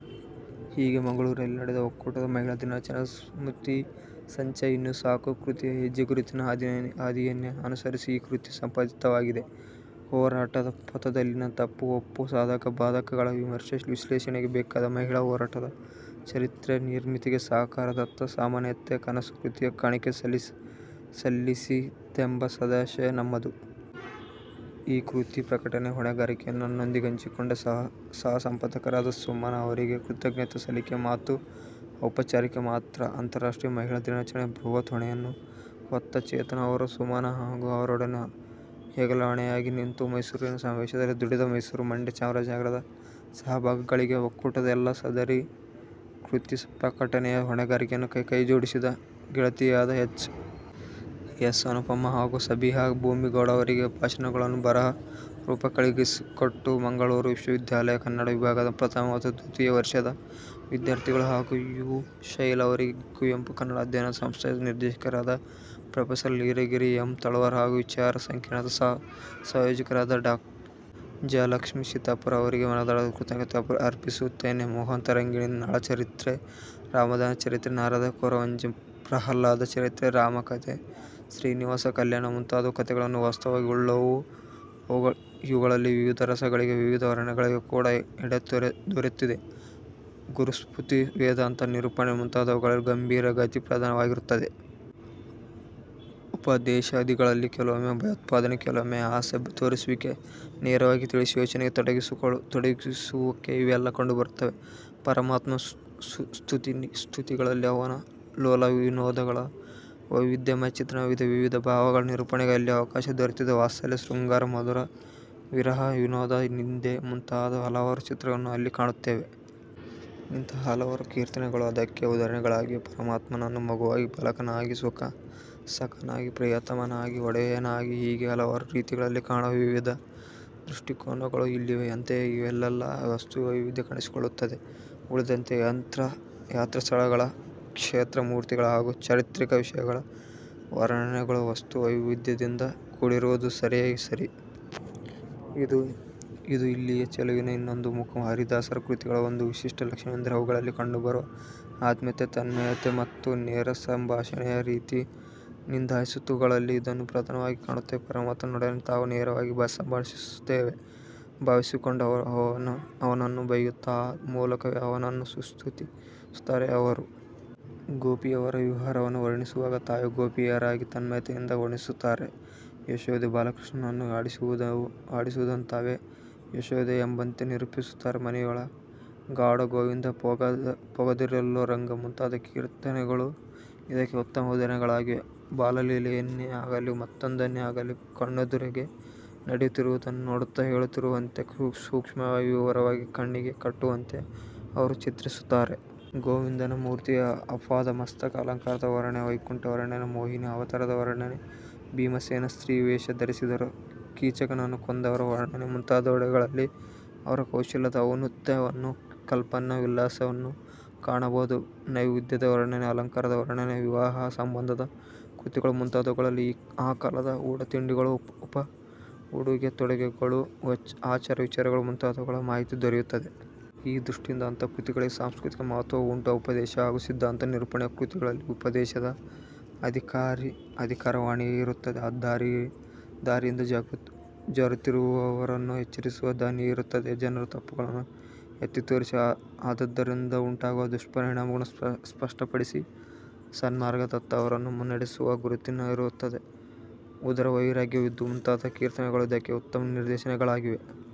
ಹೀಗೆ, ಮಂಗಳೂರಿನಲ್ಲಿ ನಡೆದ ಒಕ್ಕೂಟದ ಮಹಿಳಾ ದಿನಾಚರಣೆಯ ಸ್ಮೃತಿ ಸಂಚಯ 'ಇನ್ನು ಸಾಕು' ಕೃತಿಯ ಹೆಜ್ಜೆ ಗುರುತಿನ ಹಾದಿಯನ್ನೇ ಅನುಸರಿಸಿ ಈ ಕೃತಿ ಸಂಪಾದಿತವಾಗಿದೆ. ಹೋರಾಟದ ಪಥದಲ್ಲಿನ ತಪ್ಪು-ಒಪ್ಪು, ಸಾಧಕ-ಬಾಧಕಗಳ ವಿಮರ್ಶೆ, ವಿಶ್ಲೇಷಣೆಗೆ ಬೇಕಾದ ಮಹಿಳಾ ಹೋರಾಟದ ಚರಿತ್ರೆಯ ನಿರ್ಮಿತಿಗೆ 'ಸಾಕಾರದತ್ತ ಸಮಾನತೆಯ ಕನಸು' ಕೃತಿಯು ಕಾಣಿಕೆ ಸಲ್ಲಿಸೀತೆಂಬ ಸದಾಶಯ ನಮ್ಮದು. ಈ ಕೃತಿ ಪ್ರಕಟನೆಯ ಹೊಣೆಗಾರಿಕೆಯನ್ನು ನನ್ನೊಂದಿಗೆ ಹಂಚಿಕೊಂಡ ಸಹಸಂಪಾದಕರಾದ ಸುಮನಾ ಅವರಿಗೆ ಕೃತಜ್ಞತೆ ಸಲ್ಲಿಕೆಯ ಮಾತು ಔಪಚಾರಿಕ ಮಾತ್ರ. ಅಂತಾರಾಷ್ಟ್ರೀಯ ಮಹಿಳಾ ದಿನಾಚರಣೆಯ ಬೃಹತ್ ಹೊಣೆಯನ್ನು ಹೊತ್ತ ಚೇತನ ಅವರು. ಸುಮನಾ ಹಾಗೂ ಅವರೊಡನೆ ಹೆಗಲೆಣೆಯಾಗಿ ನಿಂತು ಮೈಸೂರಿನ ಸಮಾವೇಶದಲ್ಲಿ ದುಡಿದ ಮೈಸೂರು-ಮಂಡ್ಯ-ಚಾಮರಾಜನಗರದ ಸಹಭಾಗಿಗಳಿಗೆ; ಒಕ್ಕೂಟದ ಎಲ್ಲಾ ಸೋದರಿ ್ಯರಿಗೆ; ಕೃತಿ ಪ್ರಕಟನೆಯ ಹೊಣೆಗಾರಿಕೆಯಲ್ಲಿ ಕೈಜೋಡಿಸಿದ ಗೆಳತಿಯರಾದ ಎಚ್. ಎಸ್. ಅನುಪಮಾ ಹಾಗೂ ಸಬಿಹಾ ಭೂಮಿಗೌಡ ಅವರಿಗೆ; ಭಾಷಣಗಳನ್ನು ಬರಹ ರೂಪಕ್ಕಿಳಿಸಿಕೊಟ್ಟ ಮಂಗಳೂರು ವಿಶ್ವ ವಿದ್ಯಾಲಯ, ಕನ್ನಡ ವಿಭಾಗದ ಪ್ರಥಮ ಮತ್ತು ದ್ವಿತೀಯ ವರ್ಷದ ವಿದ್ಯಾರ್ಥಿಗಳು ಹಾಗೂ ಯು. ಶೈಲಾ ಅವರಿಗೆ ಕುವೆಂಪು ಕನ್ನಡ ಅಧ್ಯಯನ ಸಂಸ್ಥೆಯ ನಿರ್ದೇಶಕರಾದ ಪ್ರೊಫೆಸರ್ ನೀಲಗಿರಿ ಎಂ. ತಳವಾರ್ ಹಾಗೂ ವಿಚಾರ ಸಂಕಿರಣದ ಸಹ ಸಂಯೋಜಕರಾದ ಡಾ. ಜಯಲಕ್ಷ್ಮೀ ಸೀತಾಪುರ ಅವರಿಗೆ ಮನದಾಳದ ಕೃತಜ್ಞತೆ ಅರ್ಪಿಸುತ್ತೇನೆ. ಮೋಹನ ತರಂಗಿಣಿ, ನಳಚರಿತ್ರೆ, ರಾಮಧಾನ್ಯ ಚರಿತ್ರೆ, ನಾರದ ಕೊರವಂಜಿ, ಪ್ರಹ್ಲಾದಚರಿತ್ರೆ, ರಾಮಕಥೆ, ಶ್ರೀನಿವಾಸ ಕಲ್ಯಾಣ ಮುಂತಾದುವು ಕಥೆಗಳನ್ನು ವಸ್ತುವಾಗಿ ಉಳ್ಳುವು. ಇವುಗಳಲ್ಲಿ ವಿವಿಧ ರಸಗಳಿಗೆ ವಿವಿಧ ವರ್ಣನೆಗಳಿಗೆ ಕೂಡ ಎಡೆ ದೊರೆತಿದೆ. ಗುರುಸ್ತುತಿ, ವೇದಾಂತ ನಿರೂಪಣೆ ಮುಂತಾದುವುಗಳಲ್ಲಿ ಗಂಭೀರ ಗತಿ ಪ್ರಧಾನವಾಗಿರುತ್ತದೆ. ಉಪದೇಶಾದಿಗಳಲ್ಲಿ ಕೆಲವೊಮ್ಮೆ ಭಯೋತ್ಪಾದನೆ, ಕೆಲವೊಮ್ಮೆ ಆಸೆ ತೋರಿಸುವಿಕೆ ನೇರವಾಗಿ ತಿಳಿಸಿ ಯೋಚನೆಗೆ ತೊಡಗಿಸುವುಕೆ ಇವೆಲ್ಲ ಕಂಡುಬರುತ್ತವೆ. ಪರಮಾತ್ಮನ ಸ್ತುತಿಗಳಲ್ಲಿ ಅವನ ಲೋಲಾವಿನೋದಗಳ ವೈವಿಧ್ಯಮಯ ಚಿತ್ರಣವಿದೆ. ವಿವಿಧ ಭಾವಗಳ ನಿರೂಪಣೆಗೆ ಅಲ್ಲಿ ಅವಕಾಶ ದೊರೆತಿದೆ. ವಾತ್ಸಲ್ಯ, ಶೃಂಗಾರ, ಮಧುರ, ವಿರಹ, ವಿನೋದ, ನಿಂದೆ ಮುಂತಾದ ಹಲವಾರು ಚಿತ್ರಗಳನ್ನು ಅಲ್ಲಿ ಕಾಣುತ್ತೇವೆ. ಇಂತಹ ಹಲವಾರು ಕೀರ್ತನೆಗಳು ಅದಕ್ಕೆ ಉದಾಹರಣೆಗಳಾಗಿವೆ. ಪರಮಾತ್ಮನನ್ನು ಮಗುವಾಗಿ, ಬಾಲಕನಾಗಿ, ಸಖನಾಗಿ, ಪ್ರಿಯತಮನಾಗಿ, ಒಡೆಯನಾಗಿ ಹೀಗೆ ಹಲವಾರು ರೀತಿಗಳಲ್ಲಿ ಕಾಣುವ ವಿವಿಧ ದೃಷ್ಟಿಕೋನಗಳು ಇಲ್ಲಿವೆ. ಅಂತೆಯೇ ಇಲ್ಲೆಲ್ಲ ವಸ್ತು ವೈವಿಧ್ಯ ಕಾಣಿಸಿಕೊಳ್ಳುತ್ತದೆ. ಉಳಿದಂತೆ ಯಾತ್ರಸ್ಥಳಗಳ, ಕ್ಲೇತ್ರಮೂರ್ತಿಗಳ ಹಾಗೂ ಚಾರಿತ್ರಿಕ ವಿಷಯಗಳ ವರ್ಣನೆಗಳು ವಸ್ತು ವೈವಿಧ್ಯದಿಂದ ಕೂಡಿರುವುದು ಸರಿಯೇ ಸರಿ. ಇದು ಇಲ್ಲಿಯ ಚೆಲುವಿನ ಇನ್ನೊಂದು ಮುಖ. ಹರಿದಾಸರ ಕೃತಿಗಳ ಒಂದು ವಿಶಿಷ್ಟ ಲಕ್ಷಣವೆಂದರೆ ಅವುಗಳಲ್ಲಿ ಕಂಡುಬರುವ ಆತ್ಮೀಯತೆ, ತನ್ಮಯತೆ ಮತ್ತು ನೇರಸಂಭಾಷಣೆಯ ರೀತಿ. ನಿಂದಾಸ್ತುತಿಗಳಲ್ಲಿ ಇದನ್ನು ಪ್ರಧಾನವಾಗಿ ಕಾಣುತ್ತೇವೆ. ಪರಮಾತ್ಮನೊಡನೆ ತಾವು ನೇರವಾಗಿ ಸಂಭಾಷಿಸುತ್ತಿರುವಂತೆ ಭಾವಿಸಿಕೊಂಡು ಅವನನ್ನು ಬೈಯುತ್ತ ಆ ಮೂಲಕವೇ ಅವನನ್ನು ಸ್ತುತಿಸುತ್ತಾರೆ ಅವರು. ಗೋಪಿಯರ ವಿರಹವನ್ನು ವರ್ಣಿಸುವಾಗ ತಾವೇ ಗೋಪಿಯರಾಗಿ ತನ್ಮಯತೆಯಿಂದ ವರ್ಣಿಸುತ್ತಾರೆ. ಯಶೋದೆ ಬಾಲಕೃಷ್ಣನನ್ನು ಆಡಿಸುವುದನ್ನು ತಾವೇ ಯಶೋದೆಯೆಂಬಂತೆ ನಿರೂಪಿಸುತ್ತಾರೆ. "ಮನೆಯೊಳಗಾಡೊ ಗೋವಿಂದ" ಪೋಗ ದಿರೆಲೊ ರಂಗ" ಮುಂತಾದ ಕೀರ್ತನೆಗಳು ಇದಕ್ಕೆ ಉತ್ತಮ ಉದಾಹರಣೆಗಳಾಗಿವೆ. ಬಾಲಲೀಲೆಯನ್ನೇ ಆಗಲಿ ಮತ್ತೊಂದನ್ನೇ ಆಗಲಿ, ಕಣ್ಣೆದುರಿಗೆ ನಡೆಯುತ್ತಿರುವುದನ್ನು ನೋಡುತ್ತಾ ಹೇಳುತ್ತಿರುವವಂತೆ ಸೂಕ್ಷ್ಮವಾಗಿ ವಿವರವಾಗಿ ಕಣ್ಣಿಗೆ ಕಟ್ಟುವಂತೆ ಅವರು ಚಿತ್ರಿಸುತ್ತಾರೆ. ಗೋವಿಂದನ ಮೂರ್ತಿಯ ಆಪಾದಮಸ್ತಕ ಅಲಂಕಾರದ ವರ್ಣನೆ, ವೈಕುಂಠ ವರ್ಣನೆ, ಮೋಹಿನೀ ಅವತಾರದ ವರ್ಣನೆ, ಭೀಮಸೇನ ಸ್ತ್ರೀವೇಷ ಧರಿಸಿದ್ದರು, ಕೀಚಕನನ್ನು ಕೊಂದದ್ದರ ವರ್ಣನೆ ಮುಂತಾದೆಡೆಗಳಲ್ಲಿ ಅವರ ಕೌಶಲದ ಔನ್ನತ್ಯವನ್ನೂ ಕಲ್ಪನ್ನವಿಲಾಸವನ್ನೂ ಕಾಣಬಹುದು. ನೈವೇದ್ಯದ ವರ್ಣನೆ, ಅಲಂಕಾರದ ವರ್ಣನೆ, ವಿವಾಹಸಂಬಂಧದ ಕೃತಿಗಳು ಮುಂತಾದವುಗಳಲ್ಲಿ ಆ ಕಾಲದ ಊಟತಿಂಡಿಗಳು, ಉಡುಗೆತೊಡುಗೆಗಳು, ಆಚಾರವಿಚಾರಗಳು ಮುಂತಾದವುಗಳ ಮಾಹಿತಿ ದೊರೆಯುತ್ತದೆ. ಈ ದೃಷ್ಟಿಯಿಂದ ಅಂತಹ ಕೃತಿಗಳಿಗೆ ಸಾಂಸ್ಕೃತಿಕ ಮಹತ್ವವೂ ಉಂಟು. ಉಪದೇಶ ಹಾಗೂ ಸಿದ್ಧಾಂತ ನಿರೂಪಣೆಯ ಕೃತಿಗಳಲ್ಲಿ ಉಪದೇಶದ ಅಧಿಕಾರವಾಣಿಯಿರುತ್ತದೆ. ದಾರಿಯಿಂದ ಜಾರುತ್ತಿರುವವರನ್ನು ಎಚ್ಚರಿಸುವ ದನಿಯಿರುತ್ತದೆ. ಜನರ ತಪ್ಪುಗಳನ್ನು ಎತ್ತಿತೋರಿಸಿ, ಅದರಿಂದುಂಟಾಗುವ ದುಷ್ಪರಿಣಾಮಗಳನ್ನು ಸ್ಪಷ್ಟಪಡಿಸಿ, ಸನ್ಮಾರ್ಗದತ್ತ ಅವರನ್ನು ಮುನ್ನೆಡೆಸುವ ಗುರುತನವಿರುತ್ತದೆ. ಉದರವೈರಾಗ್ಯವಿದು ಮುಂತಾದ ಕೀರ್ತನೆಗಳು ಇದಕ್ಕೆ ಉತ್ತಮ ನಿದರ್ಶನಗಳಾಗಿವೆ.